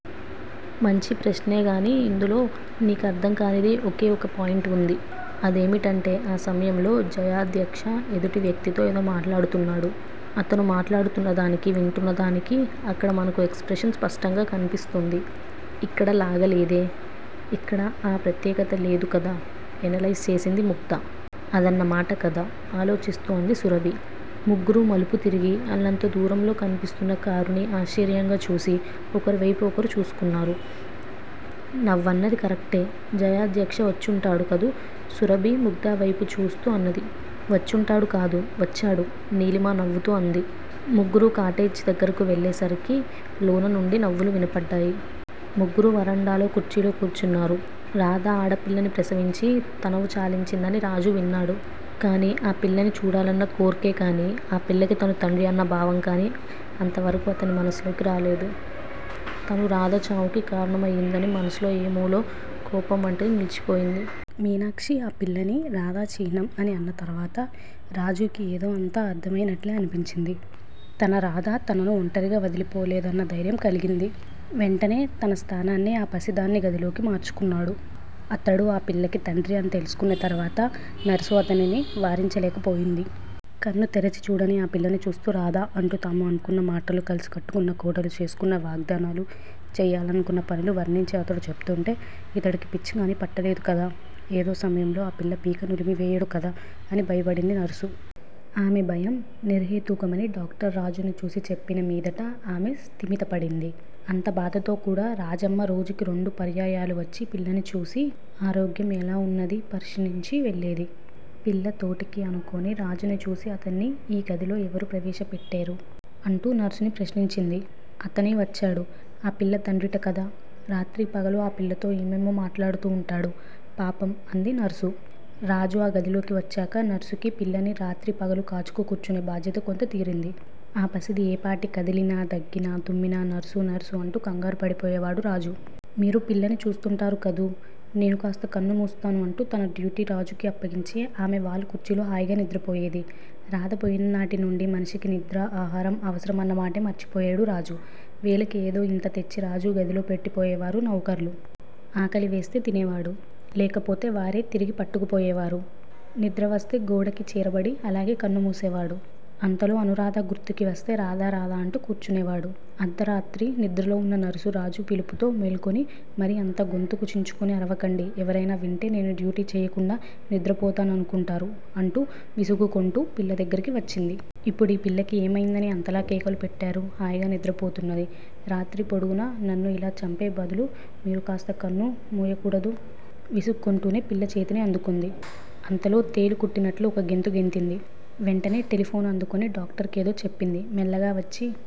మంచి ప్రశ్నేగానీ ఇందులో నీకర్ధంకానిది ఒకే ఒక పాయింట్ వుంది. అదేమిటంటే ఆ సమయంలో జయాధ్యక్ష ఎదుటి వ్యక్తితో ఏదో మాట్లాడుతున్నాడు. అతను మాట్లాడుతున్నదానికి, వింటున్న దానికి అక్కడ మనకు ఎక్స్ ప్రెషన్ స్పష్టంగా కన్పిస్తోంది. ఇక్కడ లాగలేదే. ఇక్కడ ఆ ప్రత్యేకత లేదు కదా ఎనలైజ్ చేసింది ముగ్ధ. అదన్నమాట కధ ఆలోచిస్తూ అంది సురభి. ముగ్గురూ మలుపు తిరిగి, అల్లంత దూరంలో కన్పిస్తున్న కారుని ఆశ్చర్యంగా చూసి, ఒకరివేపు ఒకరు చూసుకున్నారు. నవ్వన్నది కరక్టే జయాధ్యక్ష వచ్చుంటాడు కదూ సురభి ముగ్ధవైపు చూస్తూ అంది. వచ్చుంటాడు కాదు. వచ్చాడు నీలిమ నవ్వుతూ అంది. ముగ్గురూ కాటేజ్ దగ్గరకు వెళ్ళేసరికి లోన నుండి నవ్వులు వినపడ్డాయి. ముగ్గురూ వరండాలో కుర్చీల్లో కూర్చున్నారు. రాధ ఆడపిల్లని ప్రసవించి తనువు చాలించిందని రాజు విన్నాడు. కాని ఆ పిల్లని చూడాలన్న కోర్కె కాని, ఆ పిల్లకి తను తండ్రి అన్న భావం కాని అంతవరకూ అతని మనసులోకి రాలేదు. తను రాధ చావుకి కారణం అయిందని మనసులో ఏ మూలో కోపం వంటిది నిలిచిపోయింది. మీనాక్షి ఆ పిల్లని రాధ చిహ్నం అని అన్న తరవాత రాజుకి యేదో అంతా అర్ధమయినట్లే అనిపించింది. తన రాధ తనను ఒంటరిగా వదిలిపోలేదన్న ధైర్యం కలిగింది. వెంటనే తన స్థానాన్ని ఆ పసిదాని గదిలోకి మార్చుకొన్నాడు. అతడు ఆ పిల్లకి తండ్రి అని తెలుసుకొన్న తరవాత నర్సు అతనిని వారించలేక పోయింది. కన్ను తెరిచి చూడని ఆ పిల్లని చూస్తూ 'రాధా' అంటూ తాము అనుకొన్న మాటలు, కలిసి కట్టుకొన్న కోటలు, చేసుకొన్న వాగ్ధానాలు, చేయాలనుకొన్న పనులు వర్ణించి అతడు చెబుతూంటే 'ఇతడికి పిచ్చికాని పట్టలేదు కదా? ఏదో సమయంలో ఆ పిల్ల పీక నులిమివేయడు కదా? ' అని భయపడింది నర్సు. ఆమె భయం నిర్హేతుకమని డాక్టరు రాజుని చూసి చెప్పిన మీదట ఆమె స్థిమితపడింది. అంత బాధతో కూడా రాజమ్మ రోజుకి రెండు పర్యాయాలు వచ్చి పిల్లని చూసి, ఆరోగ్యం ఎలా ఉన్నదీ ప్రశ్నించి వెళ్ళేది. పిల్ల తోటేకి ఆనుకొని రాజుని చూసి అతన్ని ఈ గదిలో యెవరు ప్రవేశ పెట్టేరు? అంటూ నర్సుని ప్రశ్నించింది. అతనే వచ్చాడు. ఆ పిల్ల తండ్రిట కదా! రాత్రీ పగలూ ఆ పిల్లతో ఏమేమో మాట్లాడుతూ ఉంటాడు, పాపం అంది నర్సు. రాజు ఆ గదిలోకి వచ్చాక నర్సుకి పిల్లని రాత్రి, పగలు కాచుకు కూర్చునే బాధ్యత కొంత తీరింది. ఆ పసిది ఏపాటి కదిలినా, దగ్గినా, తుమ్మినా నర్సు నర్సు అంటూ కంగారుపడిపోయేవాడు రాజు. మీరు పిల్లని చూస్తూంటారు కదూ. నేను కాస్త కన్ను మూస్తాను అంటూ తన డ్యూటీ రాజుకి అప్పగించి ఆమె వాలు కుర్చీలో హాయిగా నిద్రపోయేది. రాధ పోయిననాటి నుండి మనిషికి నిద్రా, ఆహారం అవసరం అన్నమాటే మరిచిపోయేడు రాజు. వేళకి ఏదో ఇంత తెచ్చి రాజు గదిలో పెట్టిపోయేవారు నౌకర్లు. ఆకలివేస్తే తినేవాడు. లేకపోతే వారే తిరిగి పట్టుకుపోయేవారు. నిద్రవస్తే గోడకి చేరబడి అలాగే కన్ను మూసేవాడు. అంతలో అనూరాధ గుర్తుకి వస్తే రాధా, రాధా! అంటూ కూర్చునేవాడు. అర్దరాత్రి నిద్రలో ఉన్న నర్సు రాజు పిలుపుతో మేలుకొని, మరీ అంత గొంతుకు చించుకొని అరవకండి, ఎవరైనా వింటే నేను డ్యూటీ చెయ్యకుండా నిద్రపోతా ననుకుంటారు అంటూ విసుగుకొంటూ పిల్ల దగ్గరికి వచ్చింది. ఇప్పుడీ పిల్లకి ఏమయిందని అంతలా కేకలు పెట్టారు? హాయిగా నిద్రపోతున్నది. రాత్రి పొడుగునా నన్ను ఇలా చంపే బదులు మీరూ కాస్త కన్ను ముయ్యకూడదూ? విసుక్కొంటూనే పిల్ల చేతిని అందుకొంది. అంతలో తేలు కుట్టినట్లు ఒక్క గెంతు గెంతింది. వెంటనే టెలిఫోను అందుకొని డాక్టరు కేదో చెప్పింది. మెల్లగా వచ్చి